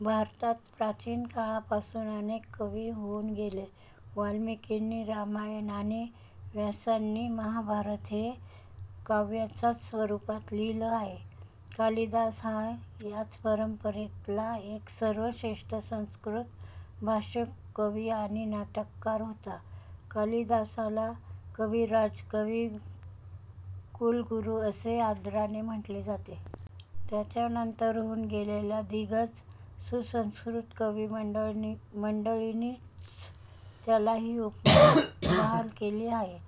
भारतात प्राचीन काळापासून अनेक कवी होऊन गेले. वाल्मिकींनी रामायण आणि व्यासांनी महाभारत हे काव्याच्याच स्वरूपात लिहिलं आहे. कालिदास हा याच परंपरेतला एक सर्वश्रेष्ठ संस्कृत भाषक कवी आणि नाटककार होता. कालिदासाला कविराज, कविकुलगुरू असे आदराने म्हटले जाते. त्याच्यानंतर होऊन गेलेल्या दिग्गज संस्कृत कवी मंडळींनीच त्याला हि उपमा बहाल केली आहे.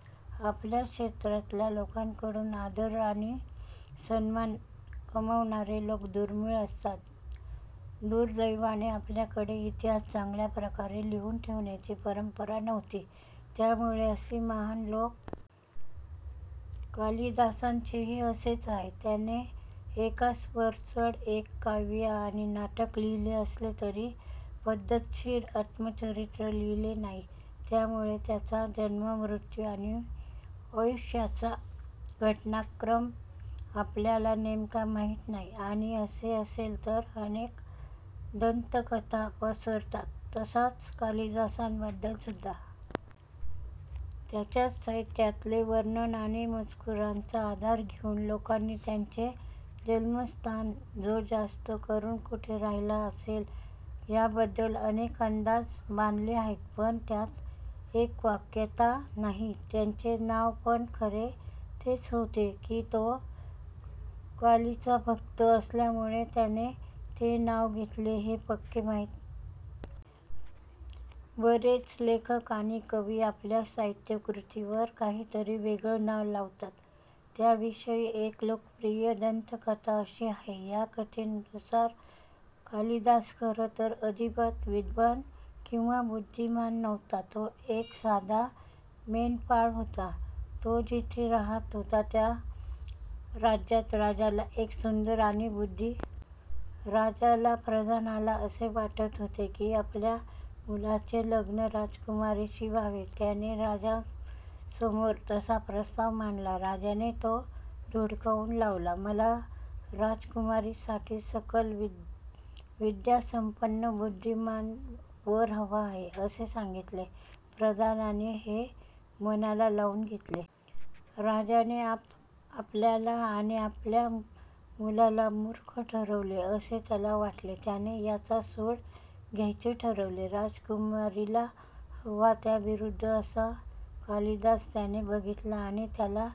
आपल्याच क्षेत्रातल्या लोकांकडून आदर आणि सन्मान कमावणारे लोक दुर्मिळ असतात. दुर्दैवाने आपल्याकडे इतिहास चांगल्याप्रकारे लिहून ठेवण्याची परंपरा नव्हती. त्यामुळे असे महान लोक होऊन गेले तरी त्यांच्या आयुष्याबद्दल नेमकी माहिती उपलब्ध नसते. कालिदासाचेही असेच आहे. त्याने एकास वरचढ एक काव्ये आणि नाटक लिहिले असले तरी पद्धतशीर आत्मचरित्र लिहिले नाही. त्यामुळे त्याचा जन्म मृत्यू आणि आयुष्याचा घटनाक्रम आपल्याला नेमका माहित नाही आणि असे असेल तर अनेक दंतकथा पसरतात तशाच कालिदासाबद्दल सुद्धा काही समज आहेत. त्याच्याच साहित्यातले वर्णन आणि मजकुराचा आधार घेऊन लोकांनी त्याचे जन्मस्थान, तो जास्त करून कुठे राहिला असेल याबद्दल अनेक अंदाज बांधले आहेत पण त्यात एकवाक्यता नाही. त्याचे नाव पण खरे तेच होते कि तो कालीचा भक्त असल्यामुळे त्याने ते नाव घेतले हे पक्के माहित नाही. बरेच लेखक आणि कवी आपल्या साहित्यकृतींवर काहीतरी वेगळे नाव लावतात. त्याच्याविषयी एक लोकप्रिय दंतकथा अशी आहे. या कथेनुसार कालिदास खरं तर अजिबात विद्वान किंवा बुद्धिमान नव्हता. तो एक साधा मेंढपाळ होता. तो जिथे राहत होता त्या राज्यात राजाला एक सुंदर आणि बुद्धिमान राजकन्या होती. राजाच्या प्रधानाला असे वाटत होते कि आपल्या मुलाचे लग्न राजकुमारीशी व्हावे. त्याने राजासमोर तसा प्रस्ताव मांडला. राजाने तो धुडकावुन लावला. मला राजकुमारीसाठी सकल विद्यासंपन्न बुद्धिमान वर हवा आहे असे सांगितले. प्रधानाने हे मनाला लावुन घेतले. राजाने आपल्याला आणि आपल्या मुलाला मूर्ख ठरवले असे त्याला वाटले. त्याने याचा सूड घ्यायचे ठरवले. राजकुमारिला हवा त्याविरुद्ध असा कालिदास त्याने बघितला आणि त्याला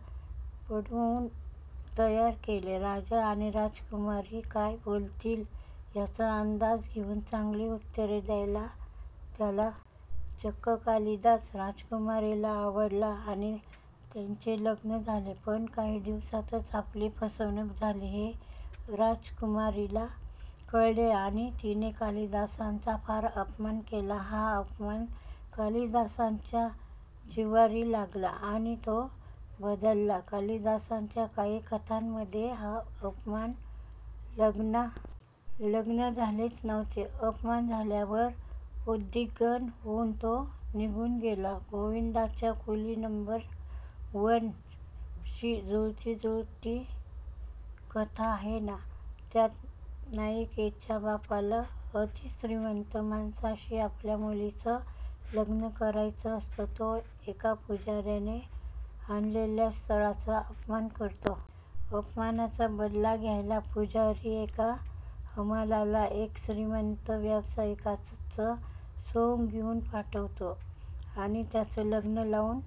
पढवुन तयार केले. राजा आणि राजकुमारी काय बोलतील याचा अंदाज घेऊन चांगली उत्तरे द्यायला त्याला तयार केले. चक्क कालिदास राजकुमारिला आवडला आणि त्यांचे लग्न झाले. पण काही दिवसातच आपली फसवणुक झाली हे राजकुमारीला कळले आणि तिने कालिदासाचा फार अपमान केला. हा अपमान कालिदासाच्या जिव्हारी लागला आणि तो बदलला. कालिदासाच्या काही कथांमध्ये हा अपमान लग्नाच्या आधीच झाला. लग्न झालेच नव्हते. अपमान झाल्यावर उद्विग्न होऊन तो निघुन गेला. गोविंदाच्या कुली नंबर वन शी मिळतीजुळती कथा आहे ना? त्यात नायिकेच्या बापाला अतिश्रीमंत माणसाशी आपल्या मुलीचं लग्न करायचं असतं. तो एका पुजाऱ्याने आणलेल्या स्थळाचा अपमान करतो. अपमानाचा बदला घ्यायला पुजारी एका हमालाला एक श्रीमंत व्यावसायिकाचं सोंग घेऊन पाठवतो आणि त्यांचं लग्न लावुन